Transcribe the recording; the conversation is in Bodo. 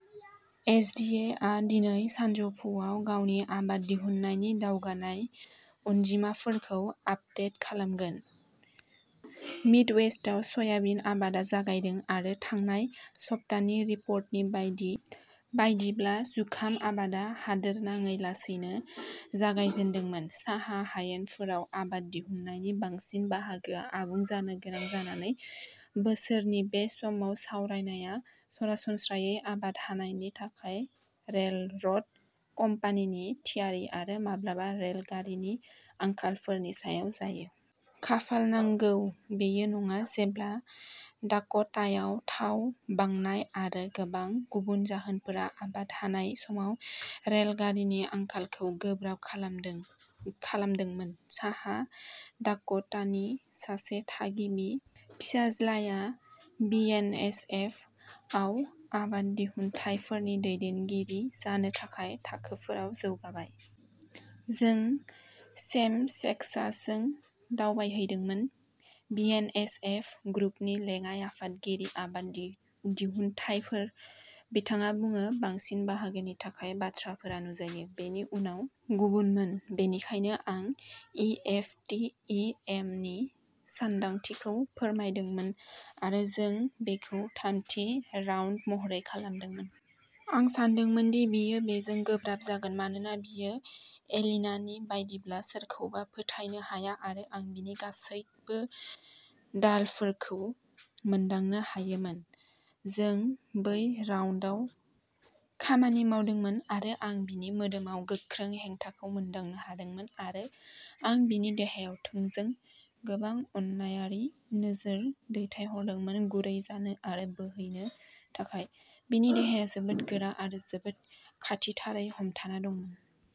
एस. डि. ए. आ दिनै सानजौफुआव गावनि आबाद दिहुन्नायनि दावगानाय अनजिमाफोरखौ आपदेट खालामगोन। मिडवेस्टआव सयाबिन आबादा जागायदों, आरो थांनाय सप्तानि रिपर्टनि बायदि बायदिब्ला, जुखाम आबादा हादोरनाङै लासैनो जागायजेन्दोंमोन। साहा हायेनफोराव आबाद दिहुन्नायनि बांसिन बाहागोआ आबुं जानो गोनां जानानै, बोसोरनि बे समाव सावरायनाया सरासनस्रायै आबाद हानायनि थाखाय रेलरोड कम्पानिनि थियारि-आरो माब्लाबा-रेल गारिनि आंखालफोरनि सायाव जायो। खाफालगोनां बेयो नङा, जेब्ला डाक'टायाव थाव बांनाय-आरो गोबां गुबुन जाहोनफोरा-आबाद हानाय समाव रेल गारिनि आंखालखौ गोब्राब खालामदों खालामदोंमोन। साहा डाक'टानि सासे थागिबि फिसाज्लाया बि. एन. एस. एफ. आव आबाद दिहुनथायफोरनि दैदेनगिरि जानो थाखाय थाखोफोराव जौगाबाय। जों सेम सेक्सासजों दावबायहैदोंमोन, बि. एन. एस. एफ. ग्रुपनि लेङाइ आफादगिरि, आबाद दिहुनथायफोर। बिथाङा बुङो, बांसिन बाहागोनि थाखाय, बाथ्राफोरा नुजायो। बेनि उनाव गुबुनमोन, बेनिखायनो आं E. F. T. E. M. नि सानदांथिखौ फोरमायदोंमोन आरो जों बेखौ थामथि राउन्ड महरै खालामदोंमोन। आं सान्दोंमोन दि बियो बेजों गोब्राब जागोन मानोना बियो एलिनानि बायदिब्ला सोरखौबा फोथायनो हाया आरो आं बिनि गासैबो ढालफोरखौ मोनदांनो हायोमोन। जों बै राउन्डआव खामानि मावदोंमोन आरो आं बिनि मोदोमाव गोख्रों हेंथाखौ मोनदांनो हादोंमोन आरो आं बिनि देहायाव थोंजों गोबां अननायारि नोजोर दैथायहरदोंमोन गुरै जानो आरो बोहैनो थाखाय। बिनि देहाया जोबोद गोरा आरो जोबोद खाथिथारै हमथाना दंमोन।